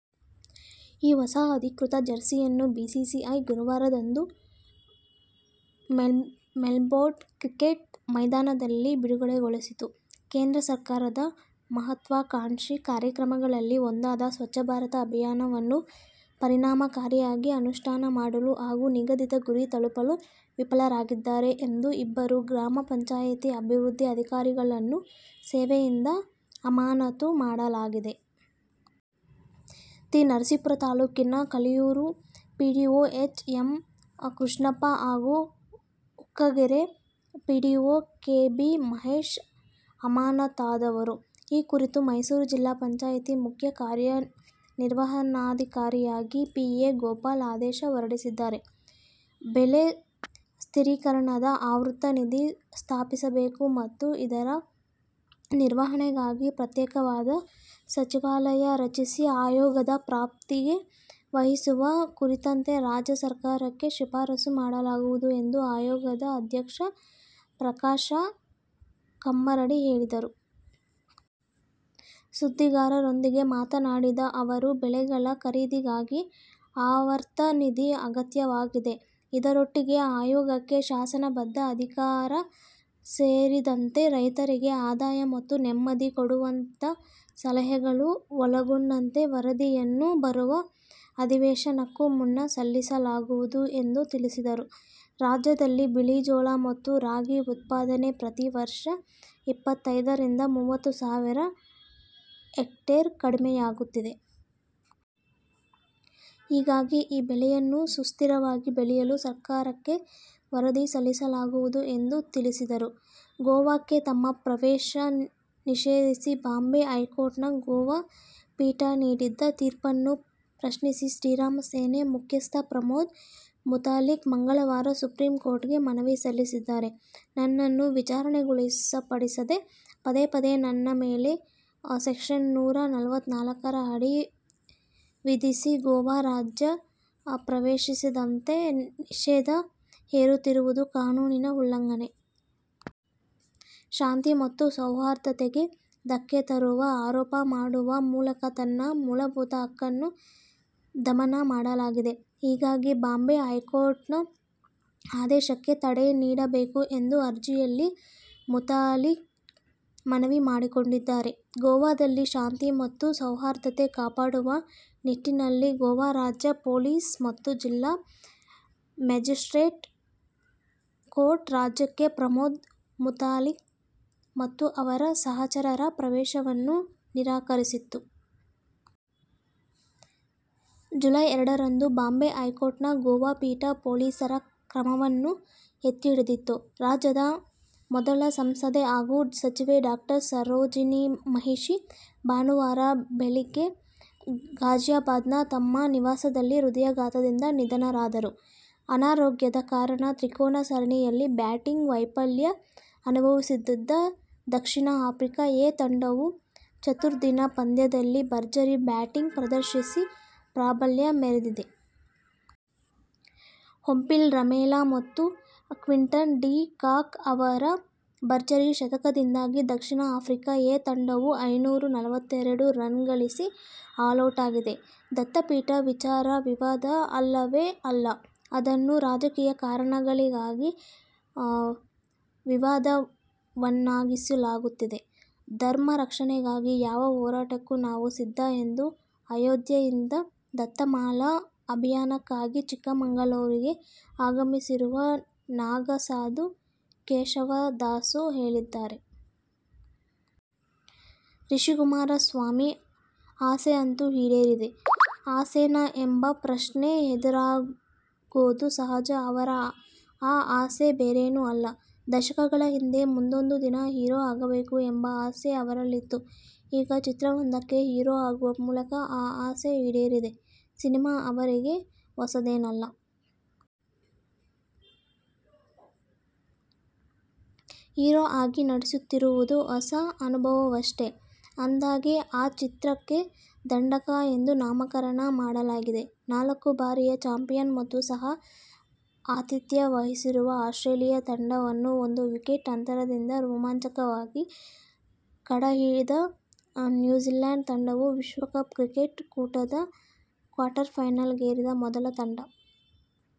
ಈ ಹೊಸ ಅಧಿಕೃತ ಜೆರ್ಸಿಯನ್ನು ಬಿಸಿಸಿಐ ಗುರುವಾರದಂದು ಮೆಲ್ಬೊರ್ನ್ ಕ್ರಿಕೆಟ್ ಮೈದಾನದಲ್ಲಿ ಬಿಡುಗಡೆಗೊಳಿಸಿತು. ಕೇಂದ್ರ ಸರ್ಕಾರದ ಮಹತ್ವಾಕಾಂಕ್ಷಿ ಕಾರ್ಯಕ್ರಮಗಳಲ್ಲಿ ಒಂದಾದ "ಸ್ವಚ್ಛ ಭಾರತ' ಅಭಿಯಾನವನ್ನು ಪರಿಣಾಮಕಾರಿಯಾಗಿ ಅನುಷ್ಠಾನ ಮಾಡಲು ಹಾಗೂ ನಿಗದಿತ ಗುರಿ ತಲುಪಲು ವಿಫಲರಾಗಿದ್ದಾರೆ ಎಂದು ಇಬ್ಬರು ಗ್ರಾಮ ಪಂಚಾಯಿತಿ ಅಭಿವೃದ್ಧಿ ಅಧಿಕಾರಿಗಳನ್ನು ಸೇವೆಯಿಂದ ಅಮಾನತು ಮಾಡಲಾಗಿದೆ. ತಿ.ನರಸೀಪುರ ತಾಲೂಕಿನ Kaliyur PDO H. M. Krishnappa ಹಾಗೂ Ukkalagere PDO K. B. Mahesh ಅಮಾನತಾದವರು. ಈ ಕುರಿತು ಮೈಸೂರು ಜಿಲ್ಲಾ ಪಂಚಾಯಿತಿ ಮುಖ್ಯ ಕಾರ್ಯನಿರ್ವಹಣಾಧಿಕಾರಿ ಪಿ.ಎ.ಗೋಪಾಲ್ ಆದೇಶ ಹೊರಡಿಸಿದ್ದಾರೆ. ಬೆಲೆ ಸ್ಥಿರೀಕರಣದ ಆವರ್ತ ನಿಧಿ ಸ್ಥಾಪಿಸಬೇಕು ಮತ್ತು ಇದರ ನಿರ್ವಹಣೆಗಾಗಿ ಪ್ರತ್ಯೇಕವಾದ ಸಚಿವಾಲಯ ರಚಿಸಿ ಆಯೋಗದ ವ್ಯಾಪ್ತಿಗೆ ವಹಿಸುವ ಕುರಿತಂತೆ ರಾಜ್ಯ ಸರ್ಕಾರಕ್ಕೆ ಶಿಫಾರಸು ಮಾಡಲಾಗುವುದು ಎಂದು ಆಯೋಗದ ಅಧ್ಯಕ್ಷ ಪ್ರಕಾಶ ಕಮ್ಮರಡಿ ಹೇಳಿದರು. ಸುದ್ದಿಗಾರರೊಂದಿಗೆ ಮಾತನಾಡಿದ ಅವರು, ಬೆಳೆಗಳ ಖರೀದಿಗಾಗಿ ಆವರ್ತ ನಿಧಿ ಅಗತ್ಯವಾಗಿದೆ. ಇದರೊಟ್ಟಿಗೆ ಆಯೋಗಕ್ಕೆ ಶಾಸನ ಬದ್ಧ ಅಧಿಕಾರ ಸೇರಿದಂತೆ ರೈತರಿಗೆ ಆದಾಯ ಮತ್ತು ನೆಮ್ಮದಿ ಕೊಡುವಂಥ ಸಲಹೆಗಳು ಒಳಗೊಂಡಂತೆ ವರದಿಯನ್ನು ಬರುವ ಅಧಿವೇಶನಕ್ಕೂ ಮುನ್ನ ಸಲ್ಲಿಸಲಾಗುವುದು ಎಂದು ತಿಳಿಸಿದರು. ರಾಜ್ಯದಲ್ಲಿ ಬಿಳಿ ಜೋಳ ಮತ್ತು ರಾಗಿ ಉತ್ಪಾದನೆ ಪ್ರತಿ ವರ್ಷ ಇಪ್ಪತ್ತೈದರಿಂದ ಮೂವತ್ತು ಸಾವಿರ ಹೆಕ್ಟೇರ್ ಕಡಿಮೆಯಾಗುತ್ತಿದೆ. ಹೀಗಾಗಿ ಈ ಬೆಳೆಯನ್ನು ಸುಸ್ಥಿರವಾಗಿ ಬೆಳೆಯಲು ಸರ್ಕಾರಕ್ಕೆ ವರದಿ ಸಲ್ಲಿಸಲಾಗುವುದು ಎಂದು ತಿಳಿಸಿದರು. ಗೋವಾಕ್ಕೆ ತಮ್ಮ ಪ್ರವೇಶ ನಿಷೇಧಿಸಿ ಬಾಂಬೆ ಹೈಕೋರ್ಟ್ನ ಗೋವಾ ಪೀಠ ನೀಡಿದ್ದ ತೀರ್ಪನ್ನು ಪ್ರಶ್ನಿಸಿ ಶ್ರೀರಾಮ ಸೇನೆ ಮುಖ್ಯಸ್ಥ ಪ್ರಮೋದ್ ಮುತಾಲಿಕ್ ಮಂಗಳವಾರ ಸುಪ್ರೀಂ ಕೋರ್ಟ್ಗೆ ಮನವಿ ಸಲ್ಲಿಸಿದ್ದಾರೆ. ನನ್ನನ್ನು ವಿಚಾರಣೆಗೊಳಪಡಿಸದೇ ಪದೇ ಪದೇ ನನ್ನ ಮೇಲೆ ಸೆಕ್ಷನ್ ನೂರ ನಲವತ್ನಾಲ್ಕರ ಅಡಿ ವಿಧಿಸಿ ಗೋವಾ ರಾಜ್ಯ ಪ್ರವೇಶಿಸದಂತೆ ನಿಷೇಧ ಹೇರುತ್ತಿರುವುದು ಕಾನೂನಿನ ಉಲ್ಲಂಘನೆ. ಶಾಂತಿ ಮತ್ತು ಸೌಹಾರ್ಧತೆಗೆ ಧಕ್ಕೆ ತರುವ ಆರೋಪ ಮಾಡುವ ಮೂಲಕ ನನ್ನ ಮೂಲಭೂತ ಹಕ್ಕನ್ನು ದಮನ ಮಾಡಲಾಗಿದೆ. ಹೀಗಾಗಿ ಬಾಂಬೆ ಹೈಕೋರ್ಟ್ನ ಆದೇಶಕ್ಕೆ ತಡೆ ನೀಡಬೇಕು ಎಂದು ಅರ್ಜಿಯಲ್ಲಿ ಮುತಾಲಿಕ್ ಮನವಿ ಮಾಡಿಕೊಂಡಿದ್ದಾರೆ. ಗೋವಾದಲ್ಲಿ ಶಾಂತಿ ಮತ್ತು ಸೌಹಾರ್ದತೆ ಕಾಪಾಡುವ ನಿಟ್ಟಿನಲ್ಲಿ ಗೋವಾ ರಾಜ್ಯ ಪೊಲೀಸ್ ಮತ್ತು ಜಿಲ್ಲಾ ಮ್ಯಾಜಿಸ್ಟ್ರೇಟ್ ಕೋರ್ಟ್ ರಾಜ್ಯಕ್ಕೆ ಪ್ರಮೋದ್ ಮುತಾಲಿಕ್ ಮತ್ತು ಅವರ ಸಹಚರರ ಪ್ರವೇಶವನ್ನು ನಿರಾಕರಿಸಿತ್ತು. ಜುಲೈ ಎರಡರಂದು ಬಾಂಬೆ ಹೈಕೋರ್ಟ್ನ ಗೋವಾ ಪೀಠ ಪೊಲೀಸರ ಕ್ರಮವನ್ನು ಎತ್ತಿಹಿಡಿದಿತ್ತು. ರಾಜ್ಯದ ಮೊದಲ ಸಂಸದೆ ಹಾಗೂ ಸಚಿವೆ ಡಾ. ಸರೋಜಿನಿ ಮಹಿಷಿ ಭಾನುವಾರ ಬೆಳಿಗ್ಗೆ ಗಾಜಿಯಾಬಾದ್ನ ತಮ್ಮ ನಿವಾಸದಲ್ಲಿ ಹೃದಯಾಘಾತದಿಂದ ನಿಧನರಾದರು. ಅನಾರೋಗ್ಯದ ಕಾರಣ ತ್ರಿಕೋನ ಸರಣಿಯಲ್ಲಿ ಬ್ಯಾಟಿಂಗ್ ವೈಫಲ್ಯ ಅನುಭವಿಸಿದ್ದ ದಕ್ಷಿಣ ಆಫ್ರಿಕಾ "ಎ' ತಂಡವು ಚತುರ್ದಿನ ಪಂದ್ಯದಲ್ಲಿ ಭರ್ಜರಿ ಬ್ಯಾಟಿಂಗ್ ಪ್ರದರ್ಶಿಸಿ ಪ್ರಾಬಲ್ಯ ಮೆರೆದಿದೆ. ಒಂಪಿಲ್ ರಮೆಲ ಮತ್ತು ಕ್ವಿಂಟನ್ ಡಿ ಕಾಕ್ ಅವರ ಭರ್ಜರಿ ಶತಕದಿಂದಾಗಿ ದಕ್ಷಿಣ ಆಫ್ರಿಕಾ "ಎ' ತಂಡವು ಐನೂರ ನಲವತ್ತೆರಡು ರನ್ ಗಳಿಸಿ ಆಲೌಟಾಗಿದೆ. ದತ್ತಪೀಠ ವಿಚಾರ ವಿವಾದ ಅಲ್ಲವೇ ಅಲ್ಲ. ಅದನ್ನು ರಾಜಕೀಯ ಕಾರಣಗಳಿಗಾಗಿ ವಿವಾದವನ್ನಾಗಿಸಲಾಗುತ್ತಿದೆ. ಧರ್ಮ ರಕ್ಷಣೆಗಾಗಿ ಯಾವ ಹೋರಾಟಕ್ಕೂ ನಾವು ಸಿದ್ಧ ಎಂದು ಅಯೋಧ್ಯೆಯಿಂದ ದತ್ತಮಾಲಾ ಅಭಿಯಾನಕ್ಕಾಗಿ ಚಿಕ್ಕಮಗಳೂರಿಗೆ ಆಗಮಿಸಿರುವ ನಾಗಾ ಸಾಧು ಕೇಶವದಾಸು ಹೇಳಿದ್ದಾರೆ. ರಿಷಿಕುಮಾರ ಸ್ವಾಮಿ ಆಸೆ ಅಂತೂ ಈಡೇರಿದೆ. ಆಸೆನಾ ಎಂಬ ಪ್ರಶ್ನೆ ಎದುರಾಗೋದು ಸಹಜ. ಅವರ ಆ ಆಸೆ ಬೇರೇನೂ ಅಲ್ಲ, ದಶಕಗಳ ಹಿಂದೆ, ಮುಂದೊಂದು ದಿನ ಹೀರೋ ಆಗಬೇಕು ಎಂಬ ಆಸೆ ಅವರಲ್ಲಿತ್ತು. ಈಗ ಚಿತ್ರವೊಂದಕ್ಕೆ ಹೀರೋ ಆಗುವ ಮೂಲಕ ಆ ಆಸೆ ಈಡೇರಿದೆ. ಸಿನಿಮಾ ಅವರಿಗೆ ಹೊಸದೇನಲ್ಲ. ಹೀರೋ ಆಗಿ ನಟಿಸುತ್ತಿರುವುದು ಹೊಸ ಅನುಭವವಷ್ಟೇ. ಅಂದಹಾಗೆ, ಆ ಚಿತ್ರಕ್ಕೆ "ದಂಢಕ' ಎಂದು ನಾಮಕರಣ ಮಾಡಲಾಗಿದೆ. ನಾಲ್ಕು ಬಾರಿಯ ಚಾಂಪಿಯನ್ ಮತ್ತು ಸಹ ಆತಿಥ್ಯ ವಹಿಸಿರುವ ಆಸ್ಟ್ರೇಲಿಯ ತಂಡವನ್ನು ಒಂದು ವಿಕೆಟ್ ಅಂತರದಿಂದ ರೋಮಾಂಚಕವಾಗಿ ಕೆಡಹಿದ ನ್ಯೂಜಿಲ್ಯಾಂಡ್ ತಂಡವು ವಿಶ್ವ ಕಪ್ ಕ್ರಿಕೆಟ್ ಕೂಟದ ಕ್ವಾರ್ಟರ್ಫೈನಲಿಗೇರಿದ ಮೊದಲ ತಂಡ.